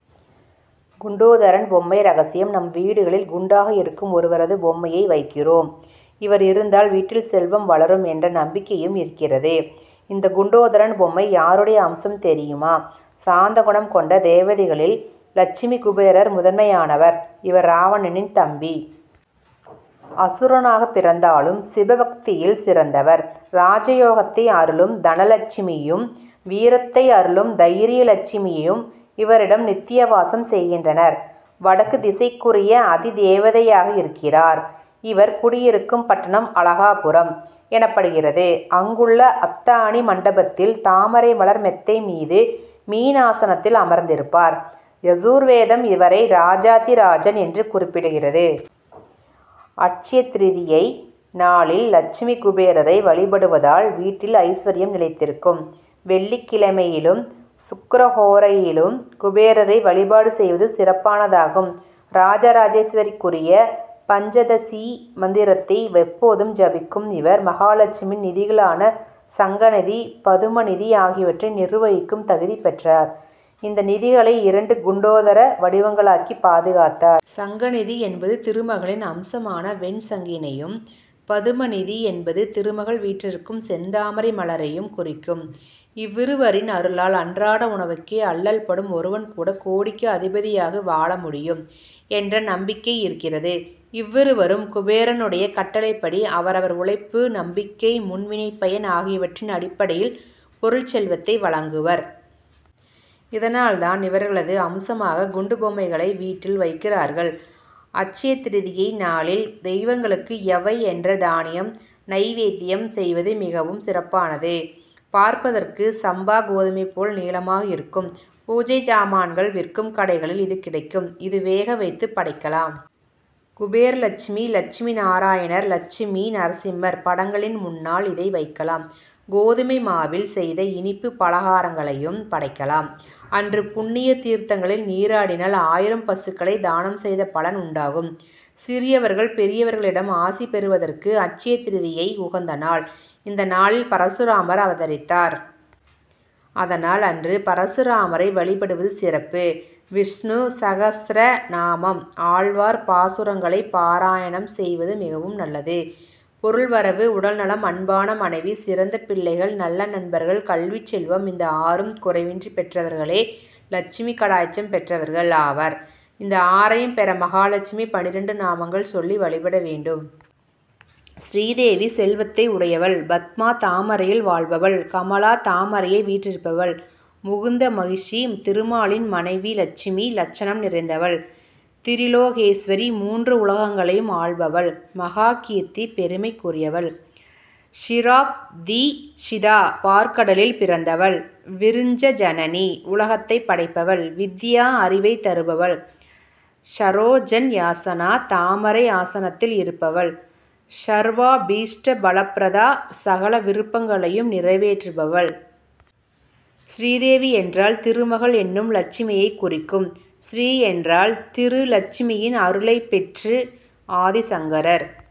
குண்டோதரன் பொம்மை ரகசியம் நம் வீடுகளில் குண்டாக இருக்கும் ஒருவரது பொம்மையை வைக்கிறோம். இவர் இருந்தால் வீட்டில் செல்வம் வளரும் என்ற நம்பிக்கையும் இருக்கிறது. இந்த குண்டோதரன் பொம்மை யாருடைய அம்சம் தெரியுமா? சாந்தகுணம் கொண்ட தேவதைகளில் லட்சுமி குபேரர் முதன்மையானவர். இவர் ராவணனின் தம்பி. அசுரனாகப் பிறந்தாலும் சிவபக்தியில் சிறந்தவர். ராஜயோகத்தை அருளும் தனலட்சுமியும் வீரத்தை அருளும் தைரியலட்சுமியும் இவரிடம் நித்யவாசம் செய்கின்றனர். வடக்கு திசைக்குரிய அதிதேவதையாக இருக்கிறார். இவர் குடியிருக்கும் பட்டணம் அழகாபுரம் எனப்படுகிறது. அங்குள்ள அத்தாணி மண்டபத்தில் தாமரைமலர் மெத்தை மீது மீன் ஆசனத்தில் அமர்ந்திருப்பார். யஜுர்வேதம் இவரை ராஜாதிராஜன் என்று குறிப்பிடுகிறது. அட்சயதிரிதியை நாளில் லட்சுமி குபேரரை வழிபடுவதால் வீட்டில் ஐஸ்வர்யம் நிலைத்திருக்கும். வெள்ளிக்கிழமையிலும் சுக்கிரஹோரையிலும் குபேரரை வழிபாடு செய்வது சிறப்பானதாகும். ராஜராஜேஸ்வரிக்குரிய பஞ்சதசீ மந்திரத்தை எப்போதும் ஜபிக்கும் இவர் மகாலட்சுமியின் நிதிகளான சங்கநிதி பதுமநிதி ஆகியவற்றை நிர்வகிக்கும் தகுதி பெற்றார். இந்த நிதிகளை இரண்டு குண்டோதர வடிவங்களாக்கி பாதுகாத்தார். சங்கநிதி என்பது திருமகளின் அம்சமான வெண்சங்கினையும் பதுமநிதி என்பது திருமகள் வீற்றிருக்கும் செந்தாமரை மலரையும் குறிக்கும். இவ்விருவரின் அருளால் அன்றாட உணவுக்கே அல்லல்படும் ஒருவன் கூட கோடிக்கு அதிபதியாக வாழ முடியும் என்ற நம்பிக்கை இருக்கிறது. இவ்விருவரும் குபேரனுடைய கட்டளைப்படி அவரவர் உழைப்பு நம்பிக்கை முன்வினைப்பயன் ஆகியவற்றின் அடிப்படையில் பொருட் செல்வத்தை வழங்குவர். இதனால் தான் இவர்களது அம்சமாக குண்டு பொம்மைகளை வீட்டில் வைக்கிறார்கள். அட்சயதிரிதியை நாளில் தெய்வங்களுக்கு யவை என்ற தானியம் நைவேத்யம் செய்வது மிகவும் சிறப்பானது. பார்ப்பதற்கு சம்பா கோதுமை போல நீளமாக இருக்கும். பூஜை சாமான்கள் விற்கும் கடைகளில் இது கிடைக்கும். இதை வேக வைத்து படைக்கலாம். குபேரலட்சுமி லட்சுமி நாராயணர் லட்சுமி நரசிம்மர் படங்களின் முன்னால் இதை வைக்கலாம். கோதுமை மாவில் செய்த இனிப்பு பலகாரங்களையும் படைக்கலாம். அன்று புண்ணிய தீர்த்தங்களில் நீராடினால் ஆயிரம் பசுக்களைத் தானம் செய்த பலன் உண்டாகும். சிறியவர்கள் பெரியவர்களிடம் ஆசி பெறுவதற்கு அட்சயதிரிதியை உகந்த நாள். இந்த நாளில் பரசுராமர் அவதரித்தார். அதனால் அன்று பரசுராமரை வழிபடுவது சிறப்பு. விஷ்ணு சகஸ்ரநாமம் ஆழ்வார் பாசுரங்களைப் பாராயணம் செய்வது மிகவும் நல்லது. பொருள்வரவு உடல்நலம் அன்பான மனைவி சிறந்த பிள்ளைகள் நல்ல நண்பர்கள் கல்விச்செல்வம் இந்த ஆறும் குறைவின்றி பெற்றவர்களே லட்சுமி கடாட்சம் பெற்றவர்கள் ஆவர். இந்த ஆறையும் பெற மகாலட்சுமியை பன்னிரண்டு நாமங்கள் சொல்லி வழிபட வேண்டும். ஸ்ரீதேவி செல்வத்தை உடையவள் பத்மா தாமரையில் வாழ்பவள் கமலா தாமரையை வீற்றிருப்பவள் முகுந்த மஹிஷீ திருமாலின் மனைவி லட்சுமி லட்சணம் நிறைந்தவள் திரிலோகேஸ்வரி மூன்று உலகங்களையும் ஆள்பவள் மகாகீர்த்தி பெருமைக்குரியவள் க்ஷிராப்திஸுதா பாற்கடலில் பிறந்தவள் விரிஞ்சஜனனி உலகத்தைப் படைப்பவள் வித்யா அறிவைத் தருபவள் ஸரோஜன்யாசனா தாமரை ஆசனத்தில் இருப்பவள் ஸர்வாபீஷ்டபலப்ரதா சகல விருப்பங்களையும் நிறைவேற்றுபவள். ஸ்ரீதேவி என்றால் திருமகள் என்னும் லட்சுமியைக் குறிக்கும். ஸ்ரீ என்றால் திரு. லட்சுமியின் அருளைப் பெற்று ஆதிசங்கரர்